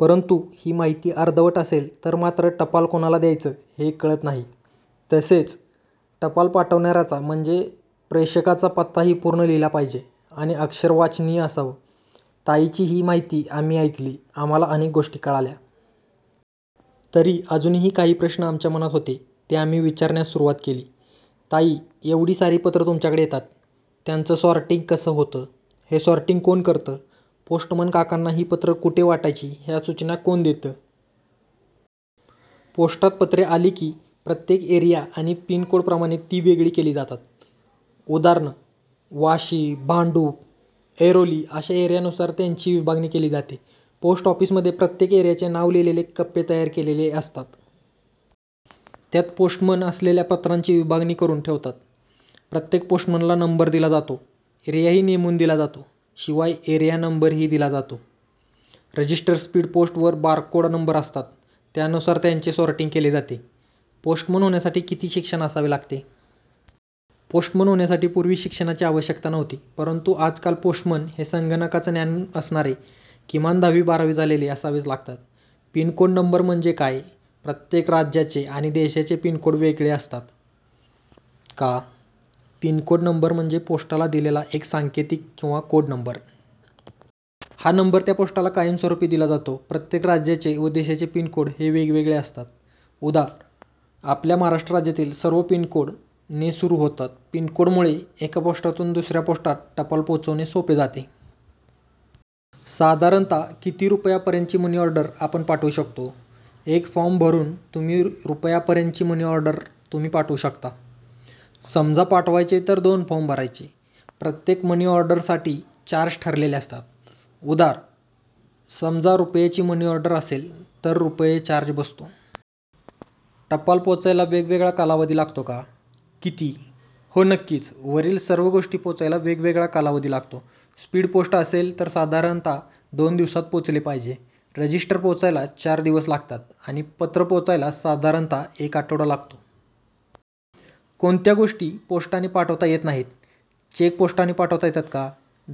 परंतु ही माहिती अर्धवट असेल तर मात्र टपाल कोणाला द्यायचं आहे, हे कळत नाही. तसेच टपाल पाठवणाऱ्याचा म्हणजे प्रेषकाचा पत्ताही पूर्ण लिहिला पाहिजे. आणि अक्षर वाचनीय असावं. ताईची ही माहिती आम्ही ऐकली. आम्हांला अनेक गोष्टी कळल्या. तरी अजूनही काही प्रश्न आमच्या मनात होते ते आम्ही विचारण्यास सुरुवात केली- ताई, एवढी सारी पत्र तुमच्याकडे येतात, त्यांचं सॉर्टींग कसं होतं? हे सॉर्टींग कोण करतं? पोस्टमन काकांना ही पत्र कुठे वाटायची, ह्या सूचना कोण देतं? -पोस्टात पत्रे आली की प्रत्येक एरिया आणि पिन कोड प्रमाणे ती वेगवेगळी केली जातात. उदा. वाशी, भांडूप, ऐरोली अशा एरियानुसार त्याची विभागणी केली जाते. पोस्ट ऑफिसमध्ये प्रत्येक एरियाचे नाव लिहलेले कप्पे तयार केलेले असतात. त्यात पोस्टमन आलेल्या पात्रांची विभागणी करुन ठेवतात. प्रत्येक पोस्टमनला नंबर दिला जातो. एरियाही नेमून दिला जातो. शिवाय एरिया नंबरही दिला जातो. रजिस्टर-स्पीड पोस्ट वर बारकोड नंबर असतात, त्यानुसार यांचे सॉर्टींग केले जाते. पोस्टमन होण्यासाठी किती शिक्षण असावे लागते? पोस्टमन होण्यासाठी पूर्वी शिक्षणाची आवश्यकता नव्हती. परंतु आजकाल पोस्टमन हे संगणकाचा ज्ञान असणारे, किमान दहावी-बारावी झालेले असावेच लागतात. पिन कोड नंबर म्हणजे काय? प्रत्येक राज्याचे आणि देशाचे पिन कोड वेगळे असतात का? पिनकोड नंबर म्हणजे पोस्टाला दिलेला एक संकेतांक किंवा कोड नंबर. हा नंबर त्या पोस्टला कायमस्वरूपी दिला जातो. प्रत्येक राज्याचे व देशाचे पिन कोड हे वेगवगळे असतात. उदा. आपल्या महाराष्ट्र राज्यातील सर्व पिन कोड ने सुरू होतात. पिनकोडमुळे एका पोस्टातून दुसऱ्या पोस्टात टपाल पोचवणे सोपे जाते. साधारणतः किती रुपयांपर्यतची मनीऑर्डर आपण पाठवू शकतो? एक फॉर्म भरून तुम्ही रुपयांपर्यंतची मनीऑर्डर तुम्ही पाठवू शकता. समजा पाठवायचे तर दोन फॉर्म भरायचे. प्रत्येक मनीऑर्डरसाठी चार्ज ठरलेले असतात. उदा. समजा रुपयाची मनीऑर्डर असेल तर रुपये चार्ज बसतो. टपाल पोचायला वेगवेगळा कालावधी लागतो का? किती? हो. नक्कीच. वरील सर्व गोष्टी पोचायला वेगवेगळा कालावधी लागतो. स्पीड पोस्ट असेल तर ते साधारणतः दोन दिवसात पोचले पाहिजे. रजिस्टर पोचायला चार दिवस लागतात आणि पत्र पोचायला साधारणतः एक आठवडा लागतो. कोणत्या गोष्टी पोस्टाने पाठवता येत नाहीत? चेक पोस्टाने पाठवता येतात का?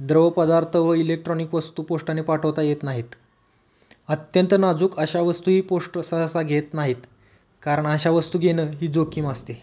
द्रव पदार्थ व इलेक्ट्रॉनिक वस्तू पोस्टाने पाठवता येत नाहीत. अत्यंत नाजूक अशा वस्तूही पोस्ट सहसा घेत नाहीत, कारण अशा वस्तू घेणं ही जोखीम असते.